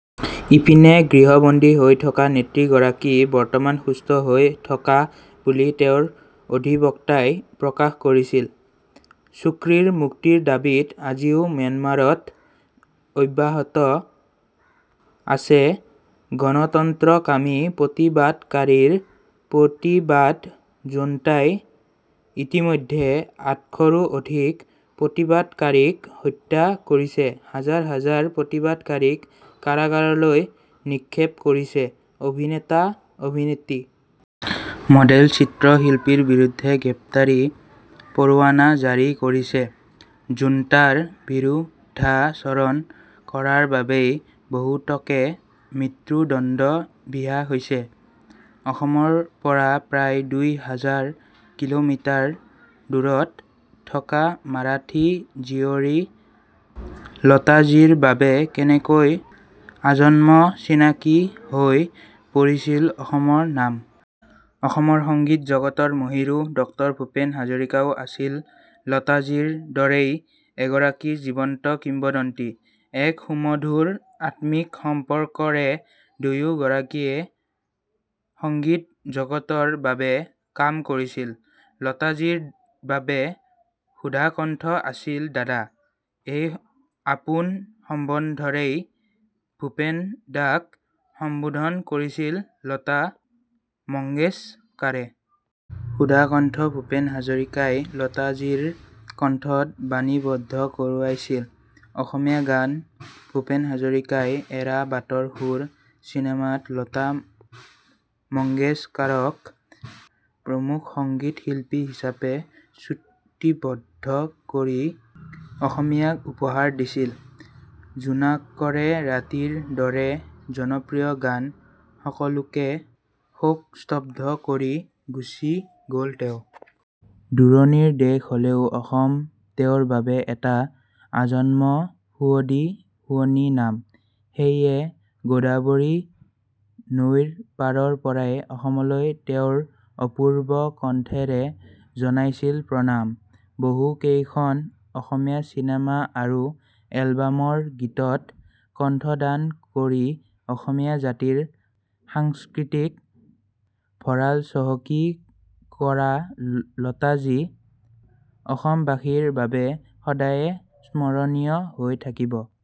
ইপিনে গৃহবন্দী হৈ থকা নেত্ৰীগৰাকী বৰ্তমান সুস্থ হৈ থকা বুলি তেওঁৰ অধিবক্তাই প্ৰকাশ কৰিছিল। চ্যুকীৰ মুক্তিৰ দাবীত আজিও ম্যানমাৰত অব্যাহত আছে গণতন্ত্ৰকামী প্ৰতিবাদকাৰীৰ প্ৰতিবাদ জুণ্টাই ইতিমধ্যে আঠশৰো অধিক প্ৰতিবাদকাৰীক হত্যা কৰিছে। হাজাৰ হাজাৰ প্ৰতিবাদকাৰীক কাৰাগাৰলৈ নিক্ষেপ কৰিছে। অভিনেতা-অভিনেত্ৰী মডেল চিত্ৰ শিল্পীৰ বিৰুদ্ধে গ্ৰেপ্তাৰী পৰোৱানা জাৰি কৰিছে। জুণ্টাৰ বিৰুদ্ধাচৰণ কৰাৰ বাবেই বহুতকে মৃত্যুদণ্ড বিহা হৈছে । অসমৰ পৰা প্ৰায় দুই হাজাৰ কিলোমিটাৰ দূৰত থকা মাৰাঠী জীয়ৰী লতাজীৰ বাবে কেনেকৈ আজন্ম চিনাকী হৈ পৰিছিল অসমৰ নাম? অসমৰ সংগীত জগতৰ মহীৰূহ ডক্টৰ ভূপেন হাজৰিকাও আছিল লতাজীৰ দৰেই এগৰাকী জীৱন্ত কিম্বদন্তী। এক সুমধুৰ আত্মিক সম্পৰ্কৰে দুয়ো গৰাকীয়ে সংগীত জগতৰ বাবে কাম কৰিছিল। লতাজীৰ বাবে সুধাকণ্ঠ আছিল দাদা। এই আপোন সম্বন্ধৰেই ভূপেন দাক সম্বোধন কৰিছিল লতা মংগেশকাৰে। সুধাকণ্ঠ ভূপেন হাজাৰিকাই লতাজীৰ কণ্ঠত বাণীবদ্ধ কৰোৱাইছিল অসমীয়া গান। ভূপেন হাজাৰিকাই এৰা বাটৰ সুৰ চিনেমাত লতা মংগেশকাৰক প্ৰমূখ সংগীত শিল্পী হিচাপে চুক্তিবদ্ধ কৰি অসমীয়াক উপহাৰ দিছিল জোনাকৰে ৰাতিৰ দৰে জনপ্ৰিয় গান। সকলোকে শোকস্তব্দ্ধ কৰি গুচি গল তেওঁ। দূৰণিৰ দেশ হলেও অসম তেওঁৰ বাবে এটা আজন্ম সুৱদী শুৱনি নাম। সেয়ে গোদাবৰী নৈৰ পাৰৰ পৰাই অসমলৈ তেওঁৰ অপূৰ্ব কণ্ঠেৰে জনাইছিল প্ৰণাম। বহু কেইখন অসমীয়া চিনেমা আৰু এলবামৰ গীতত কণ্ঠদান কৰি অসমীয়া জাতিৰ সাংস্কৃতিক ভঁড়াল চহকী কৰা লতাজী অসমবাসীৰ বাবে সদায়ে স্মৰণীয় হৈ থাকিব।